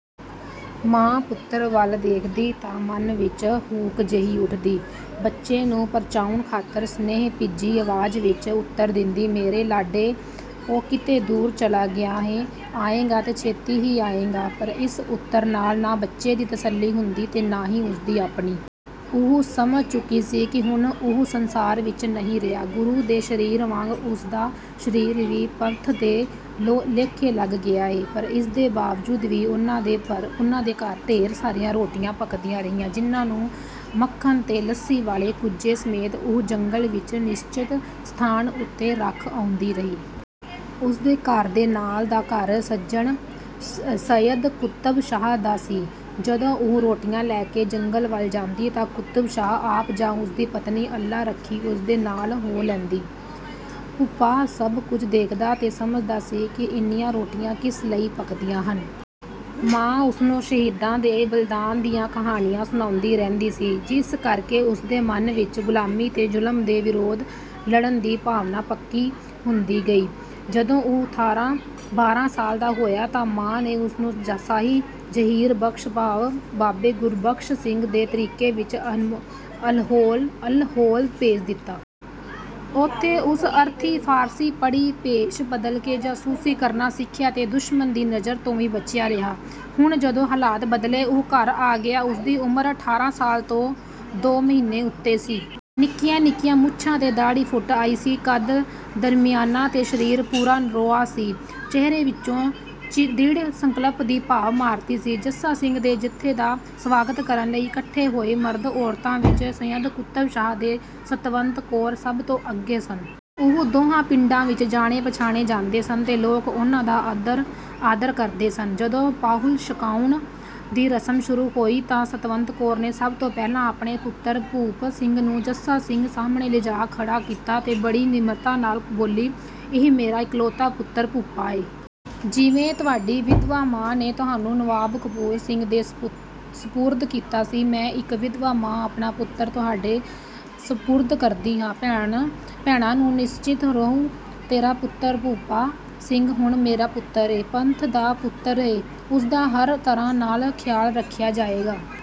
ਮਾਂ ਪੁੱਤਰ ਵੱਲ ਦੇਖਦੀ ਤਾਂ ਮਨ ਵਿੱਚ ਹੂਕ ਜਿਹੀ ਉੱਠਦੀ। ਬੱਚੇ ਨੂੰ ਪਰਚਾਉਣ ਖਾਤਰ ਸਨੇਹ-ਭਿੱਜੀ ਆਵਾਜ਼ ਵਿੱਚ ਉੱਤਰ ਦਿੰਦੀ, "ਮੇਰੇ ਲਾਡੇ, ਉਹ ਕਿਤੇ ਦੂਰ ਚਲਾ ਗਿਆ ਏ। ਆਏਗਾ, ਤੇ ਛੇਤੀ ਹੀ ਆਏਗਾ।" ਪਰ ਇਸ ਉੱਤਰ ਨਾਲ ਨਾ ਬੱਚੇ ਦੀ ਤਸੱਲੀ ਹੁੰਦੀ ਤੇ ਨਾ ਹੀ ਉਸਦੀ ਆਪਣੀ। ਉਹ ਸਮਝ ਚੁੱਕੀ ਸੀ ਕਿ ਹੁਣ ਉਹ ਸੰਸਾਰ ਵਿੱਚ ਨਹੀਂ ਰਿਹਾ। ਗੁਰੂ ਦੇ ਸਰੀਰ ਵਾਂਗ ਉਸਦਾ ਸਰੀਰ ਵੀ ਪੰਥ ਦੇ ਲੇਖੇ ਲੱਗ ਗਿਆ ਏ। ਪਰ ਇਸਦੇ ਬਾਵਜੂਦ ਵੀ ਉਹਨਾਂ ਦੇ ਘਰ ਢੇਰ ਸਾਰੀਆਂ ਰੋਟੀਆਂ ਪੱਕਦੀਆਂ ਰਹੀਆਂ, ਜਿਹਨਾਂ ਨੂੰ ਮੱਖਣ ਤੇ ਲੱਸੀ ਵਾਲੇ ਕੁੱਜੇ ਸਮੇਤ, ਉਹ ਜੰਗਲ ਵਿੱਚ ਨਿਸ਼ਚਤ ਸਥਾਨ ਉੱਤੇ ਰੱਖ ਆਉਂਦੀ ਰਹੀ। ਉਸਦੇ ਘਰ ਦੇ ਨਾਲ ਦਾ ਘਰ ਸੱਯਦ ਕੁਤਬ ਸ਼ਾਹ ਦਾ ਸੀ। ਜਦੋਂ ਉਹ ਰੋਟੀਆਂ ਲੈ ਕੇ ਜੰਗਲ ਵੱਲ ਜਾਂਦੀ ਤਾਂ ਕੁਤਬ ਸ਼ਾਹ ਆਪ ਜਾਂ ਉਸਦੀ ਪਤਨੀ ਅੱਲਾ ਰੱਖੀ ਉਸਦੇ ਨਾਲ ਹੋ ਲੈਂਦੀ। ਭੂਪਾ ਸਭ ਕੁਝ ਦੇਖਦਾ ਤੇ ਸਮਝਦਾ ਸੀ ਕਿ ਇੰਨੀਆਂ ਰੋਟੀਆਂ ਕਿਸ ਲਈ ਪੱਕਦੀਆਂ ਹਨ। ਮਾਂ ਉਸਨੂੰ ਸ਼ਹੀਦਾਂ ਦੇ ਬਲੀਦਾਨ ਦੀਆਂ ਕਹਾਣੀਆਂ ਸੁਣਾਉਂਦੀ ਰਹਿੰਦੀ ਸੀ, ਜਿਸ ਕਰਕੇ ਉਸਦੇ ਮਨ ਵਿੱਚ ਗੁਲਾਮੀ ਤੇ ਜ਼ੁਲਮ ਦੇ ਵਿਰੁੱਧ ਲੜਨ ਦੀ ਭਾਵਨਾ ਪੱਕੀ ਹੁੰਦੀ ਗਈ। ਜਦੋਂ ਉਹ ਬਾਰਾਂ ਸਾਲ ਦਾ ਹੋਇਆ ਤਾਂ ਮਾਂ ਨੇ ਉਸਨੂੰ ਸਾਈਂ ਜ਼ਹੀਰ ਬਖਸ਼ ਭਾਵ ਬਾਬੇ ਗੁਰਬਖਸ਼ ਸਿੰਘ ਦੇ ਤਰੀਕੇ ਵਿੱਚ ਅਲਹੋਲ ਭੇਜ ਦਿੱਤਾ। ਉੱਥੇ ਉਸ ਅਰਥੀ ਫਾਰਸੀ ਪੜ੍ਹੀ, ਭੇਸ ਬਦਲ ਕੇ ਜਾਸੂਸੀ ਕਰਨਾ ਸਿੱਖਿਆ ਤੇ ਦੁਸ਼ਮਣ ਦੀ ਨਜ਼ਰ ਤੋਂ ਵੀ ਬਚਿਆ ਰਿਹਾ। ਹੁਣ ਜਦੋਂ ਹਾਲਾਤ ਬਦਲੇ, ਉਹ ਘਰ ਆ ਗਿਆ। ਉਸਦੀ ਉਮਰ ਅਠਾਰਾਂ ਸਾਲ ਤੋਂ ਦੋ ਮਹੀਨੇ ਉੱਤੇ ਸੀ। ਨਿੱਕੀਆਂ ਨਿੱਕੀਆਂ ਮੁੱਛਾਂ ਤੇ ਦਾੜ੍ਹੀ ਫੁੱਟ ਆਈ ਸੀ। ਕੱਦ ਦਰਮਿਆਨਾ ਤੇ ਸਰੀਰ ਪੂਰਾ ਨਰੋਆ ਸੀ। ਚਿਹਰੇ ਵਿੱਚੋਂ ਦ੍ਰਿੜ੍ਹ ਸੰਕਲਪ ਦੀ ਭਾਅ ਮਾਰਦੀ ਸੀ। ਜੱਸਾ ਸਿੰਘ ਦੇ ਜੱਥੇ ਦਾ ਸਵਾਗਤ ਕਰਨ ਲਈ ਇਕੱਠੇ ਹੋਏ ਮਰਦ-ਔਰਤਾਂ ਵਿੱਚ ਸੱਯਦ ਕੁਤਬ ਸ਼ਾਹ ਤੇ ਸਤਵੰਤ ਕੌਰ ਸਭ ਤੋਂ ਅੱਗੇ ਸਨ। ਉਹ ਦੋਹਾਂ ਪਿੰਡਾਂ ਵਿੱਚ ਜਾਣੇ-ਪਛਾਣੇ ਜਾਂਦੇ ਸਨ ਤੇ ਲੋਕ ਉਹਨਾਂ ਦਾ ਆਦਰ ਕਰਦੇ ਸਨ। ਜਦੋਂ ਪਾਹੁਲ ਛਕਾਉਣ ਦੀ ਰਸਮ ਸ਼ੁਰੂ ਹੋਈ ਤਾਂ ਸਤਵੰਤ ਕੌਰ ਨੇ ਸਭ ਤੋਂ ਪਹਿਲਾਂ ਆਪਣੇ ਪੁੱਤਰ ਭੂਪ ਸਿੰਘ ਨੂੰ ਜੱਸਾ ਸਿੰਘ ਸਾਹਮਣੇ ਲਿਜਾ ਖੜ੍ਹਾ ਕੀਤਾ ਤੇ ਬੜੀ ਨਿਮਰਤਾ ਨਾਲ ਬੋਲੀ, "ਇਹ ਮੇਰਾ ਇਕਲੌਤਾ ਪੁੱਤਰ ਭੂਪਾ ਏ। ਜਿਵੇਂ ਤੁਹਾਡੀ ਵਿਧਵਾ ਮਾਂ ਨੇ ਤੁਹਾਨੂੰ ਨਵਾਬ ਕਪੂਰ ਸਿੰਘ ਦੇ ਸਪੁਰਦ ਕੀਤਾ ਸੀ, ਮੈਂ ਇੱਕ ਵਿਧਵਾ ਮਾਂ ਆਪਣਾ ਪੁੱਤਰ ਤੁਹਾਡੇ ਸਪੁਰਦ ਕਰਦੀ ਹਾਂ।" "ਭੈਣਾ ਤੂੰ ਨਿਸਚਿੰਤ ਰਹੁ। ਤੇਰਾ ਪੁੱਤਰ ਭੂਪਾ ਸਿੰਘ ਹੁਣ ਮੇਰਾ ਪੁੱਤਰ ਏ, ਪੰਥ ਦਾ ਪੁੱਤਰ ਏ। ਉਸਦਾ ਹਰ ਤਰ੍ਹਾਂ ਨਾਲ ਖਿਆਲ ਰੱਖਿਆ ਜਾਏਗਾ।"